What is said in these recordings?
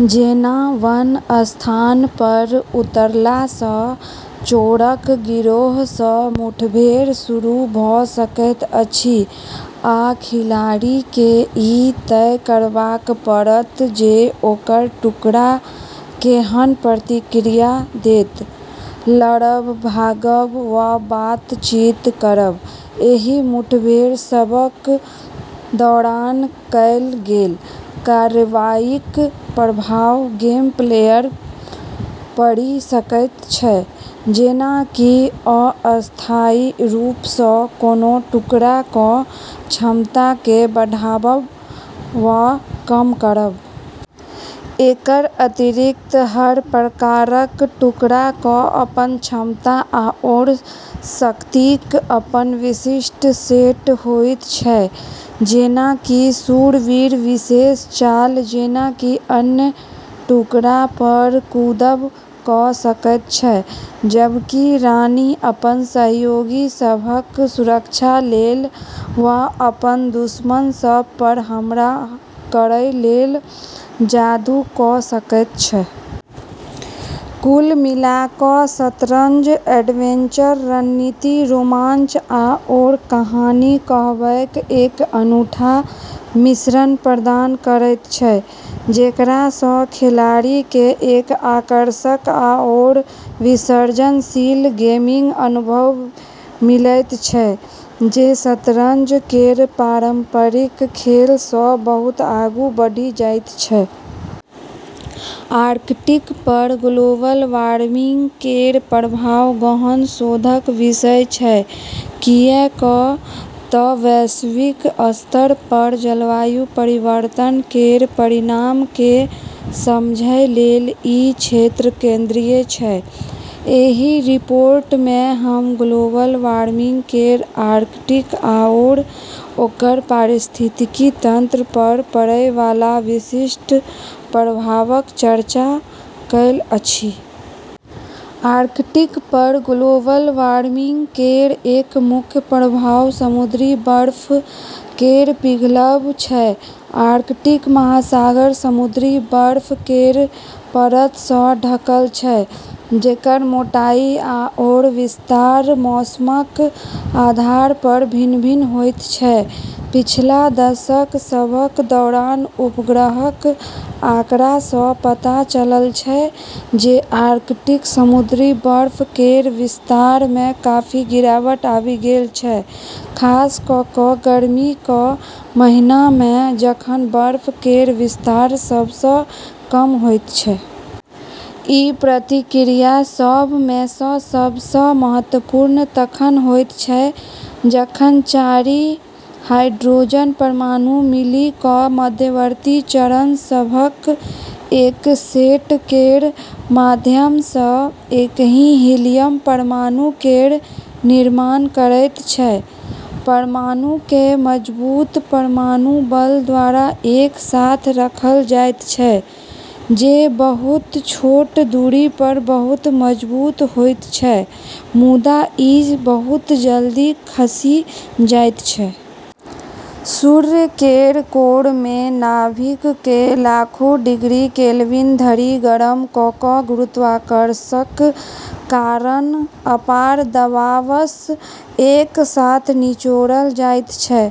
जेना, "वन" स्थानपर उतरलासँ चोरक गिरोहसँ मुठभेड़ शुरू भऽ सकैत अछि, आ खिलाड़ीकेँ ई तय करबाक पड़त जे ओकर टुकड़ा केहन प्रतिक्रिया देत - लड़ब, भागब, वा बातचीत करब। एहि मुठभेड़ सभक दौरान कएल गेल कार्रवाईक प्रभाव गेमप्लेपर पड़ि सकैत छै, जेना कि अस्थायी रूपसँ कोनो टुकड़ाक क्षमताकेँ बढ़ाबब वा कम करब। एकर अतिरिक्त, हर प्रकारक टुकड़ाक अपन क्षमता आओर शक्तिक अपन विशिष्ट सेट होइत छै। जेना कि शूरवीर विशेष चाल जेना कि अन्य टुकड़ापर कूदब कऽ सकैत छै, जबकि रानी अपन सहयोगी सभक सुरक्षा लेल वा अपन दुश्मन सभपर हमला करै लेल जादू कऽ सकैत छै। कुल मिला कऽ शतरंज एडवेंचर रणनीति, रोमांच, आओर कहानी कहबैक एक अनूठा मिश्रण प्रदान करैत छै, जेकरासँ खिलाड़ीकेँ एक आकर्षक आओर विसर्जनशील गेमिंग अनुभव मिलैत छै जे शतरंज केर पारंपरिक खेलसँ बहुत आगू बढ़ि जाइत छै। आर्कटिकपर ग्लोबल वार्मिंग केर प्रभाव गहन शोधक विषय छै, किऐक तऽ वैश्विक स्तरपर जलवायु परिवर्तन केर परिणामकेँ समझै लेल ई क्षेत्र केंद्रीय छै। एहि रिपोर्टमे हम ग्लोबल वार्मिंग केर आर्कटिक आओर ओकर पारिस्थितिकी तंत्रपर पड़ैवाला विशिष्ट प्रभावक चर्चा कएल अछि। आर्कटिकपर ग्लोबल वार्मिंग केर एक मुख्य प्रभाव समुद्री बर्फ केर पिघलब छै। आर्कटिक महासागर समुद्री बर्फ केर परतसँ ढकल छै जेकर मोटाई आओर विस्तार मौसमक आधारपर भिन्न-भिन्न होइत छै। पिछला दशक सभक दौरान उपग्रहक आँकड़ासँ पता चलल छै जे आर्कटिक समुद्री बर्फ केर विस्तारमे काफी गिरावट आबि गेल छै, खास कऽ कऽ गर्मीक महीनामे जखन बर्फ केर विस्तार सबसँ कम होइत छै। ई प्रतिक्रिया सभमेसँ सबसँ महत्वपूर्ण तखन होइत छै जखन चारि हाइड्रोजन परमाणु मिलि कऽ मध्यवर्ती चरण सभक एक सेट केर माध्यमसँ एकही हीलियम परमाणु केर निर्माण करैत छै। परमाणुकेँ मजबूत परमाणु बल द्वारा एक साथ रखल जाइत छै, जे बहुत छोट दूरीपर बहुत मजबूत होइत छै मुदा, ई बहुत जल्दी खसि जाइत छै। सूर्य केर कोरमे नाभिककेँ लाखो डिग्री केल्विन धरि गरम कऽ कऽ गुरुत्वाकर्षणक कारण अपार दबावसँ एक साथ निचोड़ल जाइत छै।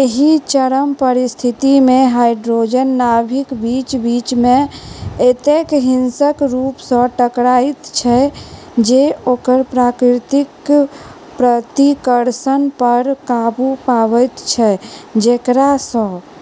एहि चरम परिस्थितिमे हाइड्रोजन नाभिक बीच-बीचमे एतेक हिंसक रूपसँ टकराइत छै जे ओकर प्राकृतिक प्रतिकर्षणपर काबू पाबैत छै, जेकरासँ।